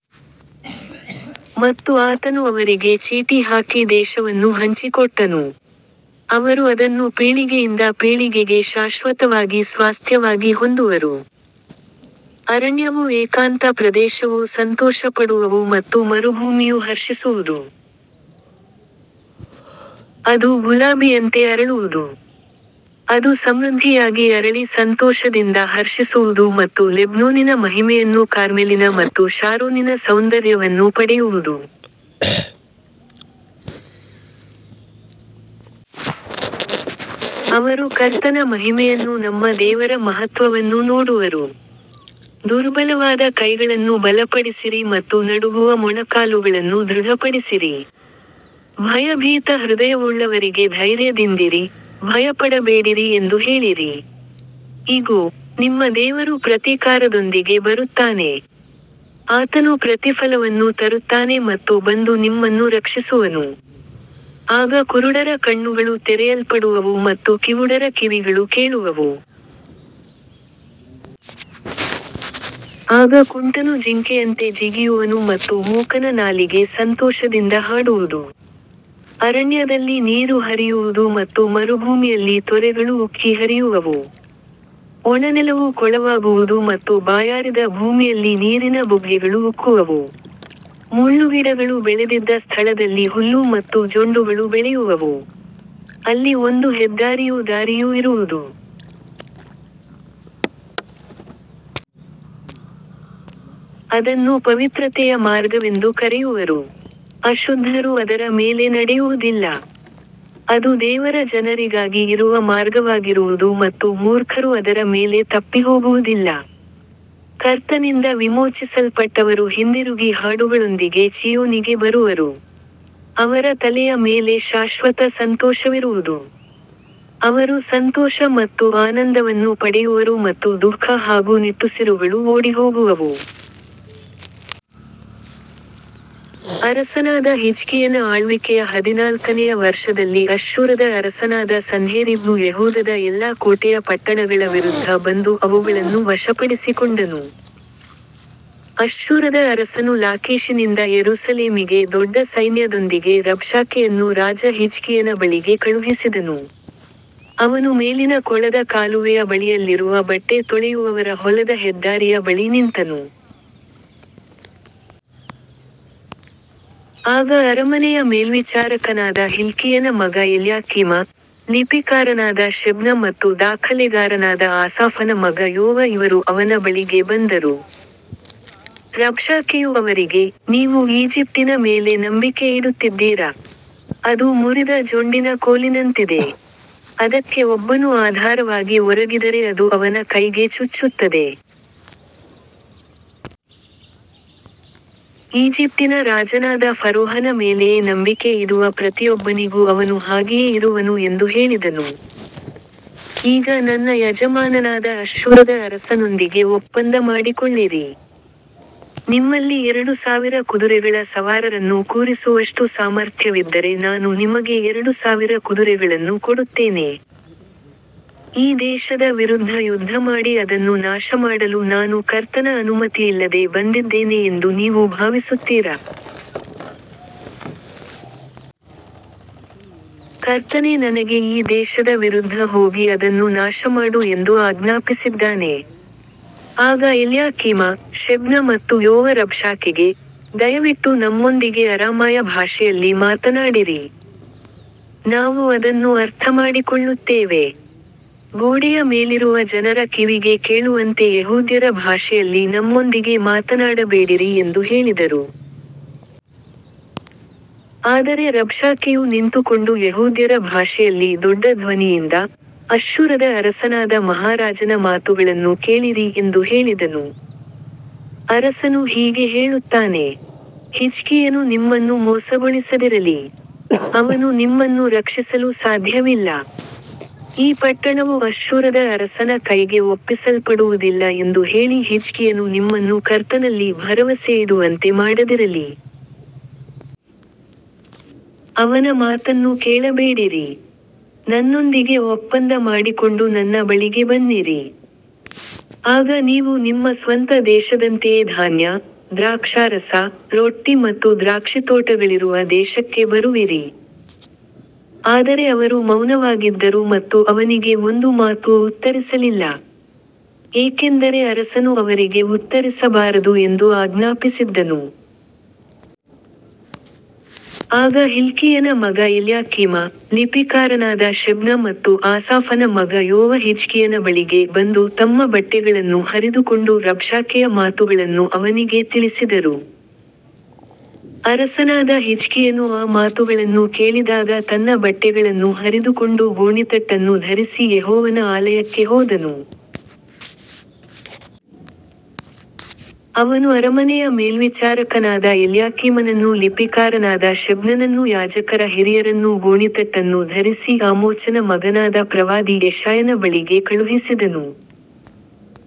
ಮತ್ತು ಆತನು ಅವರಿಗೆ ಚೀಟಿ ಹಾಕಿ ದೇಶವನ್ನು ಹಂಚಿಕೊಟ್ಟನು. ಅವರು ಅದನ್ನು ಪೀಳಿಗೆಯಿಂದ ಪೀಳಿಗೆಗೆ ಶಾಶ್ವತವಾಗಿ ಸ್ವಾಸ್ತ್ಯವಾಗಿ ಹೊಂದುವರು. ಅರಣ್ಯವೂ ಏಕಾಂತ ಪ್ರದೇಶವೂ ಸಂತೋಷಪಡುವವು ಮತ್ತು ಮರುಭೂಮಿಯೂ ಹರ್ಷಿಸುವುದು. ಅದು ಗುಲಾಬಿಯಂತೆ ಅರಳುವುದು. ಅದು ಸಮೃದ್ಧಿಯಾಗಿ ಅರಳಿ ಸಂತೋಷದಿಂದ ಹರ್ಷಿಸುವುದು ಮತ್ತು ಲೆಬನೋನಿನ ಮಹಿಮೆಯನ್ನೂ ಕಾರ್ಮೆಲಿನ ಮತ್ತು ಶಾರೋನಿನ ಸೌಂದರ್ಯವನ್ನೂ ಪಡೆಯುವುದು. ಅವರು ಕರ್ತನ ಮಹಿಮೆಯನ್ನೂ ನಮ್ಮ ದೇವರ ಮಹತ್ತ್ವವನ್ನೂ ನೋಡುವರು. ದುರ್ಬಲವಾದ ಕೈಗಳನ್ನು ಬಲಪಡಿಸಿರಿ ಮತ್ತು ನಡುಗುವ ಮೊಣಕಾಲುಗಳನ್ನು ದೃಢಪಡಿಸಿರಿ. ಭಯಭೀತ ಹೃದಯವುಳ್ಳವರಿಗೆ ಧೈರ್ಯದಿಂದಿರಿ, ಭಯಪಡಬೇಡಿರಿ ಎಂದು ಹೇಳಿರಿ. ಇಗೋ, ನಿಮ್ಮ ದೇವರು ಪ್ರತೀಕಾರದೊಂದಿಗೆ ಬರುತ್ತಾನೆ. ಆತನು ಪ್ರತಿಫಲವನ್ನು ತರುತ್ತಾನೆ ಮತ್ತು ಬಂದು ನಿಮ್ಮನ್ನು ರಕ್ಷಿಸುವನು. ಆಗ ಕುರುಡರ ಕಣ್ಣುಗಳು ತೆರೆಯಲ್ಪಡುವವು ಮತ್ತು ಕಿವುಡರ ಕಿವಿಗಳು ಕೇಳುವವು. ಆಗ ಕುಂಟನು ಜಿಂಕೆಯಂತೆ ಜಿಗಿಯುವನು ಮತ್ತು ಮೂಕನ ನಾಲಿಗೆ ಸಂತೋಷದಿಂದ ಹಾಡುವುದು. ಅರಣ್ಯದಲ್ಲಿ ನೀರು ಹರಿಯುವುದು ಮತ್ತು ಮರುಭೂಮಿಯಲ್ಲಿ ತೊರೆಗಳು ಉಕ್ಕಿ ಹರಿಯುವವು. ಒಣನೆಲವು ಕೊಳವಾಗುವುದು ಮತ್ತು ಬಾಯಾರಿದ ಭೂಮಿಯಲ್ಲಿ ನೀರಿನ ಬುಗ್ಗೆಗಳು ಉಕ್ಕುವವು. ಮುಳ್ಳುಗಿಡಗಳು ಬೆಳೆದಿದ್ದ ಸ್ಥಳದಲ್ಲಿ ಹುಲ್ಲು ಮತ್ತು ಜೊಂಡುಗಳು ಬೆಳೆಯುವವು. ಅಲ್ಲಿ ಒಂದು ಹೆದ್ದಾರಿಯೂ ದಾರಿಯೂ ಇರುವುದು. ಅದನ್ನು ಪವಿತ್ರತೆಯ ಮಾರ್ಗವೆಂದು ಕರೆಯುವರು. ಅಶುದ್ಧರು ಅದರ ಮೇಲೆ ನಡೆಯುವುದಿಲ್ಲ. ಅದು ದೇವರ ಜನರಿಗಾಗಿ ಇರುವ ಮಾರ್ಗವಾಗಿರುವುದು ಮತ್ತು ಮೂರ್ಖರೂ ಅದರ ಮೇಲೆ ತಪ್ಪಿಹೋಗುವುದಿಲ್ಲ. ಕರ್ತನಿಂದ ವಿಮೋಚಿಸಲ್ಪಟ್ಟವರು ಹಿಂದಿರುಗಿ ಹಾಡುಗಳೊಂದಿಗೆ ಚೀಯೋನಿಗೆ ಬರುವರು. ಅವರ ತಲೆಯ ಮೇಲೆ ಶಾಶ್ವತ ಸಂತೋಷವಿರುವುದು. ಅವರು ಸಂತೋಷ ಮತ್ತು ಆನಂದವನ್ನು ಪಡೆಯುವರು ಮತ್ತು ದುಃಖ ಹಾಗೂ ನಿಟ್ಟುಸಿರುಗಳು ಓಡಿಹೋಗುವವು. ಅರಸನಾದ ಹಿಜ್ಕೀಯನ ಆಳ್ವಿಕೆಯ ಹದಿನಾಲ್ಕನೆಯ ವರ್ಷದಲ್ಲಿ ಅಶ್ಶೂರದ ಅರಸನಾದ ಸನ್ಹೇರೀಬನು ಯೆಹೂದದ ಎಲ್ಲಾ ಕೋಟೆಯ ಪಟ್ಟಣಗಳ ವಿರುದ್ಧ ಬಂದು ಅವುಗಳನ್ನು ವಶಪಡಿಸಿಕೊಂಡನು. ಅಶ್ಶೂರದ ಅರಸನು ಲಾಕೀಷಿನಿಂದ ಯೆರೂಸಲೇಮಿಗೆ ದೊಡ್ಡ ಸೈನ್ಯದೊಂದಿಗೆ ರಬ್ಷಾಕೆಯನ್ನು ರಾಜ ಹಿಜ್ಕೀಯನ ಬಳಿಗೆ ಕಳುಹಿಸಿದನು. ಅವನು ಮೇಲಿನ ಕೊಳದ ಕಾಲುವೆಯ ಬಳಿಯಲ್ಲಿರುವ ಬಟ್ಟೆ ತೊಳೆಯುವವರ ಹೊಲದ ಹೆದ್ದಾರಿಯ ಬಳಿ ನಿಂತನು. ಆಗ ಅರಮನೆಯ ಮೇಲ್ವಿಚಾರಕನಾದ ಹಿಲ್ಕೀಯನ ಮಗ ಎಲ್ಯಾಕೀಮ, ಲಿಪಿಕಾರನಾದ ಶೆಬ್ನ ಮತ್ತು ದಾಖಲೆಗಾರನಾದ ಆಸಾಫನ ಮಗ ಯೋವ ಇವರು ಅವನ ಬಳಿಗೆ ಬಂದರು. ರಬ್ಷಾಕೆಯು ಅವರಿಗೆ, ನೀವು ಈಜಿಪ್ಟಿನ ಮೇಲೆ ನಂಬಿಕೆ ಇಡುತ್ತಿದ್ದೀರಾ? ಅದು ಮುರಿದ ಜೊಂಡಿನ ಕೋಲಿನಂತಿದೆ. ಅದಕ್ಕೆ ಒಬ್ಬನು ಆಧಾರವಾಗಿ ಒರಗಿದರೆ ಅದು ಅವನ ಕೈಗೆ ಚುಚ್ಚುತ್ತದೆ. ಈಜಿಪ್ಟಿನ ರಾಜನಾದ ಫರೋಹನ ಮೇಲೆಯೇ ನಂಬಿಕೆ ಇಡುವ ಪ್ರತಿಯೊಬ್ಬನಿಗೂ ಅವನು ಹಾಗೆಯೇ ಇರುವನು ಎಂದು ಹೇಳಿದನು. ಈಗ ನನ್ನ ಯಜಮಾನನಾದ ಅಶ್ಶೂರದ ಅರಸನೊಂದಿಗೆ ಒಪ್ಪಂದ ಮಾಡಿಕೊಳ್ಳಿರಿ. ನಿಮ್ಮಲ್ಲಿ ಎರಡು ಸಾವಿರ ಕುದುರೆಗಳ ಸವಾರರನ್ನು ಕೂರಿಸುವಷ್ಟು ಸಾಮರ್ಥ್ಯವಿದ್ದರೆ ನಾನು ನಿಮಗೆ ಎರಡು ಸಾವಿರ ಕುದುರೆಗಳನ್ನು ಕೊಡುತ್ತೇನೆ. ಈ ದೇಶದ ವಿರುದ್ಧ ಯುದ್ಧಮಾಡಿ ಅದನ್ನು ನಾಶಮಾಡಲು ನಾನು ಕರ್ತನ ಅನುಮತಿಯಿಲ್ಲದೆ ಬಂದಿದ್ದೇನೆ ಎಂದು ನೀವು ಭಾವಿಸುತ್ತೀರಾ? ಕರ್ತನೇ ನನಗೆ ಈ ದೇಶದ ವಿರುದ್ಧ ಹೋಗಿ ಅದನ್ನು ನಾಶಮಾಡು ಎಂದು ಆಜ್ಞಾಪಿಸಿದ್ದಾನೆ. ಆಗ ಎಲ್ಯಾಕೀಮ, ಶೆಬ್ನ ಮತ್ತು ಯೋವ ರಬ್ಷಾಕೆಗೆ, ದಯವಿಟ್ಟು ನಮ್ಮೊಂದಿಗೆ ಅರಾಮಾಯ ಭಾಷೆಯಲ್ಲಿ ಮಾತನಾಡಿರಿ. ನಾವು ಅದನ್ನು ಅರ್ಥಮಾಡಿಕೊಳ್ಳುತ್ತೇವೆ. ಗೋಡೆಯ ಮೇಲಿರುವ ಜನರ ಕಿವಿಗೆ ಕೇಳುವಂತೆ ಯೆಹೂದ್ಯರ ಭಾಷೆಯಲ್ಲಿ ನಮ್ಮೊಂದಿಗೆ ಮಾತನಾಡಬೇಡಿರಿ ಎಂದು ಹೇಳಿದರು. ಆದರೆ ರಬ್ಷಾಕೆಯು ನಿಂತುಕೊಂಡು ಯೆಹೂದ್ಯರ ಭಾಷೆಯಲ್ಲಿ ದೊಡ್ಡ ಧ್ವನಿಯಿಂದ, ಅಶ್ಶೂರದ ಅರಸನಾದ ಮಹಾರಾಜನ ಮಾತುಗಳನ್ನು ಕೇಳಿರಿ ಎಂದು ಹೇಳಿದನು. ಅರಸನು ಹೀಗೆ ಹೇಳುತ್ತಾನೆ. ಹಿಜ್ಕೀಯನು ನಿಮ್ಮನ್ನು ಮೋಸಗೊಳಿಸದಿರಲಿ. ಅವನು ನಿಮ್ಮನ್ನು ರಕ್ಷಿಸಲು ಸಾಧ್ಯವಿಲ್ಲ. ಈ ಪಟ್ಟಣವು ಅಶ್ಶೂರದ ಅರಸನ ಕೈಗೆ ಒಪ್ಪಿಸಲ್ಪಡುವುದಿಲ್ಲ ಎಂದು ಹೇಳಿ ಹಿಜ್ಕೀಯನು ನಿಮ್ಮನ್ನು ಕರ್ತನಲ್ಲಿ ಭರವಸೆಯಿಡುವಂತೆ ಮಾಡದಿರಲಿ. ಅವನ ಮಾತನ್ನು ಕೇಳಬೇಡಿರಿ. ನನ್ನೊಂದಿಗೆ ಒಪ್ಪಂದ ಮಾಡಿಕೊಂಡು ನನ್ನ ಬಳಿಗೆ ಬನ್ನಿರಿ. ಆಗ ನೀವು ನಿಮ್ಮ ಸ್ವಂತ ದೇಶದಂತೆಯೇ ಧಾನ್ಯ, ದ್ರಾಕ್ಷಾರಸ, ರೊಟ್ಟಿ ಮತ್ತು ದ್ರಾಕ್ಷಿತೋಟಗಳಿರುವ ದೇಶಕ್ಕೆ ಬರುವಿರಿ. ಆದರೆ ಅವರು ಮೌನವಾಗಿದ್ದರು ಮತ್ತು ಅವನಿಗೆ ಒಂದು ಮಾತೂ ಉತ್ತರಿಸಲಿಲ್ಲ. ಏಕೆಂದರೆ ಅರಸನು ಅವರಿಗೆ ಉತ್ತರಿಸಬಾರದು ಎಂದು ಆಜ್ಞಾಪಿಸಿದ್ದನು. ಆಗ ಹಿಲ್ಕೀಯನ ಮಗ ಎಲ್ಯಾಕೀಮ, ಲಿಪಿಕಾರನಾದ ಶೆಬ್ನ ಮತ್ತು ಆಸಾಫನ ಮಗ ಯೋವ ಹಿಜ್ಕೀಯನ ಬಳಿಗೆ ಬಂದು ತಮ್ಮ ಬಟ್ಟೆಗಳನ್ನು ಹರಿದುಕೊಂಡು ರಬ್ಷಾಕೆಯ ಮಾತುಗಳನ್ನು ಅವನಿಗೆ ತಿಳಿಸಿದರು. ಅರಸನಾದ ಹಿಜ್ಕೀಯನು ಆ ಮಾತುಗಳನ್ನು ಕೇಳಿದಾಗ ತನ್ನ ಬಟ್ಟೆಗಳನ್ನು ಹರಿದುಕೊಂಡು ಗೋಣಿತಟ್ಟನ್ನು ಧರಿಸಿ ಯೆಹೋವನ ಆಲಯಕ್ಕೆ ಹೋದನು. ಅವನು ಅರಮನೆಯ ಮೇಲ್ವಿಚಾರಕನಾದ ಎಲ್ಯಾಕೀಮನನ್ನೂ ಲಿಪಿಕಾರನಾದ ಶೆಬ್ನನನ್ನೂ ಯಾಜಕರ ಹಿರಿಯರನ್ನೂ ಗೋಣಿತಟ್ಟನ್ನು ಧರಿಸಿ ಆಮೋಚನ ಮಗನಾದ ಪ್ರವಾದಿ ಯೆಶಾಯನ ಬಳಿಗೆ ಕಳುಹಿಸಿದನು.